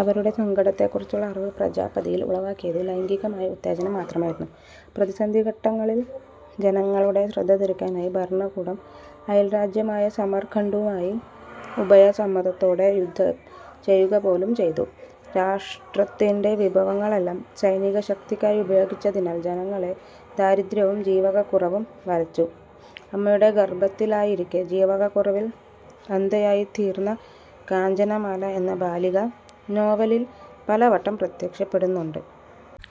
അവരുടെ സങ്കടത്തെക്കുറിച്ചുള്ള അറിവ് പ്രജാപതിയിൽ ഉളവാക്കിയത് ലൈംഗികമായ ഉത്തേജനം മാത്രമായിരുന്നു. പ്രതിസന്ധിഘട്ടങ്ങളിൽ ജനങ്ങളുടെ ശ്രദ്ധതിരിക്കാനായി ഭരണകൂടം, അയൽരാജ്യമായ സമർഖണ്ഡുമായി ഉഭയസമ്മതത്തോടെ യുദ്ധം ചെയ്യുക പോലും ചെയ്തു. രാഷ്ട്രത്തിൻ്റെ വിഭവങ്ങളെല്ലാം സൈനിക ശക്തിയ്ക്കായി ഉപയോഗിച്ചതിനാൽ ജനങ്ങളെ ദാരിദ്ര്യവും ജീവകക്കുറവും വലച്ചു. അമ്മയുടെ ഗർഭത്തിലായിരിക്കെ ജീവകക്കുറവിൽ അന്ധയായിത്തീർന്ന കാഞ്ചനമാല എന്ന ബാലിക നോവലിൽ പലവട്ടം പ്രത്യക്ഷപ്പെടുന്നുണ്ട്.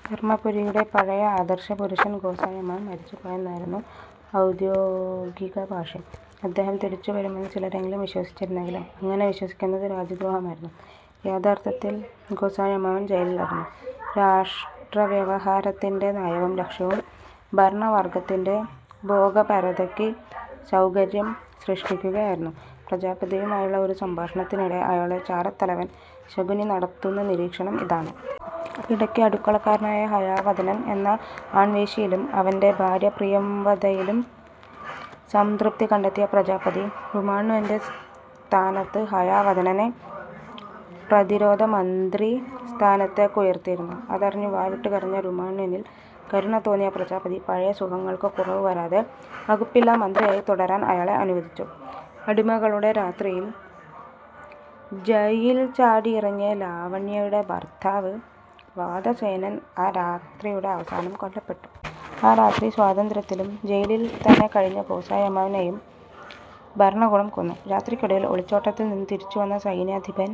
ധർമ്മപുരിയുടെ പഴയ ആദർശപുരുഷൻ ഗോസായി അമ്മാവൻ മരിച്ചുപോയെന്നായിരുന്നു ഔദ്യോഗിക ഭാഷ്യം. അദ്ദേഹം തിരിച്ചുവരുമെന്ന് ചിലരെങ്കിലും വിശ്വസിച്ചിരുന്നെങ്കിലും, അങ്ങനെ വിശ്വസിക്കുന്നത് രാജ്യദ്രോഹമായിരുന്നു. യഥാർത്ഥത്തിൽ ഗോസായി അമ്മാവൻ ജയിലിലായിരുന്നു. രാഷ്ട്രവ്യവഹാരത്തിൻ്റെ നയവും ലക്ഷ്യവും ഭരണവർഗ്ഗത്തിൻ്റെ ഭോഗപരതയ്ക്ക് സൗകര്യം സൃഷ്ടിക്കുകയായിരുന്നു. പ്രജാപതിയുമായുള്ള ഒരു സംഭാഷണത്തിനിടെ, അയാളുടെ ചാരത്തലവൻ ശകുനി നടത്തുന്ന നിരീക്ഷണം ഇതാണ്. ഇടയ്ക്ക് അടുക്കളക്കാരനായ ഹയവദനൻ എന്ന ആൺവേശ്യയിലും അവൻ്റെ ഭാര്യ പ്രിയംവദയിലും സംതൃപ്തി കണ്ടെത്തിയ പ്രജാപതി, രുമണ്വാൻ്റെ സ്ഥാനത്ത് ഹയവദനനെ പ്രതിരോധമന്ത്രി സ്ഥാനത്തേയ്ക്കുയർത്തിയിരുന്നു. അതറിഞ്ഞു വാവിട്ടു കരഞ്ഞ രുമണ്വാനിൽ കരുണതോന്നിയ പ്രജാപതി, പഴയ സുഖങ്ങൾക്ക് കുറവു വരാതെ വകുപ്പില്ലാമന്ത്രിയായി തുടരാൻ അയാളെ അനുവദിച്ചു. അടിമകളുടെ രാത്രിയിൽ ജയിൽ ചാടിയിറങ്ങിയ ലാവണ്യയുടെ ഭർത്താവ് വാതസേനൻ ആ രാത്രിയുടെ അവസാനം കൊല്ലപ്പെട്ടു. ആ രാത്രിയുടെ സ്വാതന്ത്ര്യത്തിലും ജെയിലിൽ തന്നെ കഴിഞ്ഞ ഗോസായി അമ്മാവനേയും ഭരണകൂടം കൊന്നു. രാത്രിക്കൊടുവിൽ ഒളിച്ചോട്ടത്തിൽ നിന്ന് തിരിച്ചു വന്ന സൈന്യാധിപൻ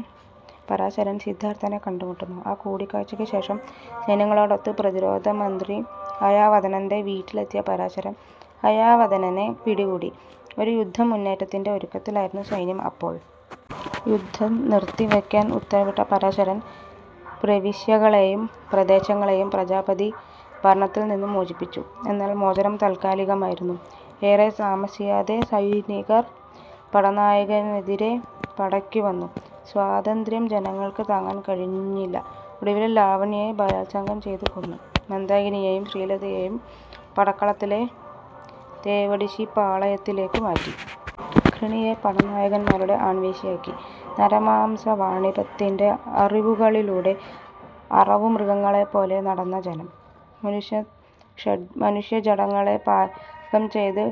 പരാശരൻ, സിദ്ധാർത്ഥനെ കണ്ടുമുട്ടുന്നു. ആ കൂടിക്കാഴ്ചയ്ക്കു ശേഷം സൈന്യങ്ങളോടൊത്ത് പ്രതിരോധമന്ത്രി ഹയവദനൻ്റെ വീട്ടിലെത്തിയ പരാശരൻ ഹയവദനനെ പിടികൂടി. ഒരു യുദ്ധമുന്നേറ്റത്തിൻ്റെ ഒരുക്കത്തിലായിരുന്നു സൈന്യം അപ്പോൾ. യുദ്ധം നിർത്തി വയ്ക്കാൻ ഉത്തരവിട്ട പരാശരൻ പ്രവിശ്യകളേയും പ്രദേശങ്ങളേയും പ്രജാപതി ഭരണത്തിൽ നിന്ന് മോചിപ്പിച്ചു. എന്നാൽ മോചനം താൽക്കാലികമായിരുന്നു. ഏറെ താമസിയാതെ സൈനികർ പടനായകനെതിരെ പടയ്ക്കു വന്നു. സ്വാതന്ത്ര്യം ജനങ്ങൾക്ക് താങ്ങാൻ കഴിഞ്ഞില്ല. ഒടുവിൽ ലാവണ്യയെ ബലാൽസംഗം ചെയ്തു കൊന്നു. മന്ദാകിനിയേയും ശ്രീലതയേയും പടക്കളത്തിലെ തേവിടിശ്ശിപ്പാളയത്തിലേയ്ക്കു മാറ്റി. ഘൃണിയെ പടനായകന്മാരുടെ ആൺവേശ്യയാക്കി. "നരമാംസവാണിഭത്തിൻ്റെ അറിവുകളിലൂടെ അറവുമൃഗങ്ങളെപ്പോലെ നടന്ന ജനം", മനുഷ്യജഡങ്ങളെ പാകം ചെയ്തു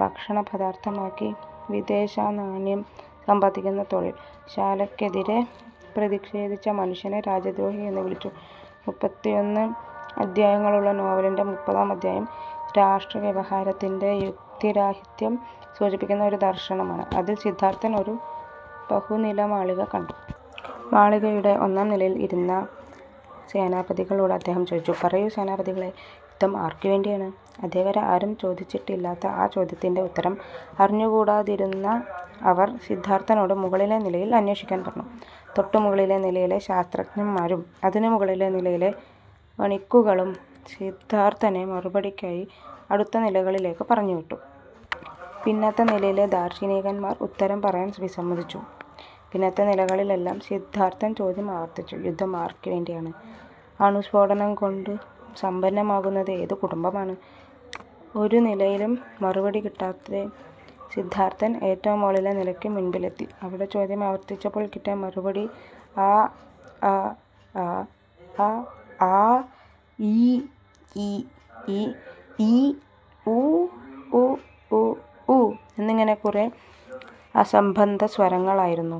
ഭക്ഷണപദാർത്ഥമാക്കി വിദേശനാണ്യം സമ്പാദിക്കുന്ന തൊഴിൽ ശാലക്കെതിരെ പ്രതിക്ഷേധിച്ച മനുഷ്യനെ രാജ്യദ്രോഹിയെന്നു വിളിച്ചു. മുപ്പത്തിഒന്ന് അദ്ധ്യായങ്ങളുള്ള നോവലിൻ്റെ മുപ്പതാം അദ്ധ്യായം രാഷ്ട്രവ്യവഹാരത്തിൻ്റെ യുക്തിരാഹിത്യം സൂചിപ്പിക്കുന്ന ഒരു ദർശനമാണ്. അതിൽ സിദ്ധാർത്ഥൻ ഒരു ബഹുനിലമാളിക കണ്ടു. മാളികയുടെ ഒന്നാം നിലയിൽ ഇരുന്ന സേനാപതികളോട് അദ്ദേഹം ചോദിച്ചു: "പറയൂ സേനാപതികളെ, യുദ്ധം ആർക്കുവേണ്ടിയാണ്? ". അതേവരെ ആരും ചോദിച്ചിട്ടില്ലാത്ത ആ ചോദ്യത്തിൻ്റെ ഉത്തരം അറിഞ്ഞുകൂടാതിരുന്ന അവർ സിദ്ധാർത്ഥനോട്, മുകളിലെ നിലയിൽ അന്വേഷിക്കാൻ പറഞ്ഞു. തൊട്ടുമുകളിലെ നിലയിലെ ശാസ്ത്രജ്ഞന്മാരും അതിനു മുകളിലെ നിലയിലെ വണിക്കുകളും സിദ്ധാർത്ഥനെ മറുപടിക്കായി അടുത്ത നിലകളിലേയ്ക്ക് പറഞ്ഞുവിട്ടു. പിന്നത്തെ നിലയിലെ ദാർശനികന്മാർ ഉത്തരം പറയാൻ വിസമ്മതിച്ചു. പിന്നത്തെ നിലകളിലെല്ലാം സിദ്ധാർത്ഥൻ ചോദ്യം ആവർത്തിച്ചു: "യുദ്ധം ആർക്കുവേണ്ടിയാണ്; അണുസ്ഫോടനം കൊണ്ടു സമ്പന്നമാകുന്നത് ഏതു കുടുംബമാണ്? ". ഒരു നിലയിലും മറുപടി കിട്ടാതെ സിദ്ധാർത്ഥൻ ഏറ്റവും മുകളിലെ നിലയ്ക്കു മുൻപിലെത്തി. അവിടെ ചോദ്യം ആവർത്തിച്ചപ്പോൾ കിട്ടിയ മറുപടി, ആ അ അ അ ആ, ഈ ഇ ഇ ഇ ഈ, ഊ ഉ ഉ ഉ ഊ എന്നിങ്ങനെ കുറേ അസംബന്ധസ്വരങ്ങളായിരുന്നു.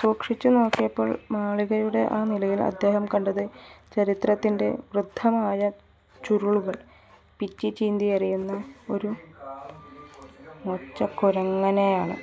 സൂക്ഷിച്ചു നോക്കിയപ്പോൾ മാളികയുടെ ആ നിലയിൽ അദ്ദേഹം കണ്ടത് "ചരിത്രത്തിൻ്റെ വൃദ്ധമായ ചുരുളുകൾ" പിച്ചിചീന്തിയെറിയുന്ന ഒരു മൊച്ചക്കുരങ്ങനെയാണ്.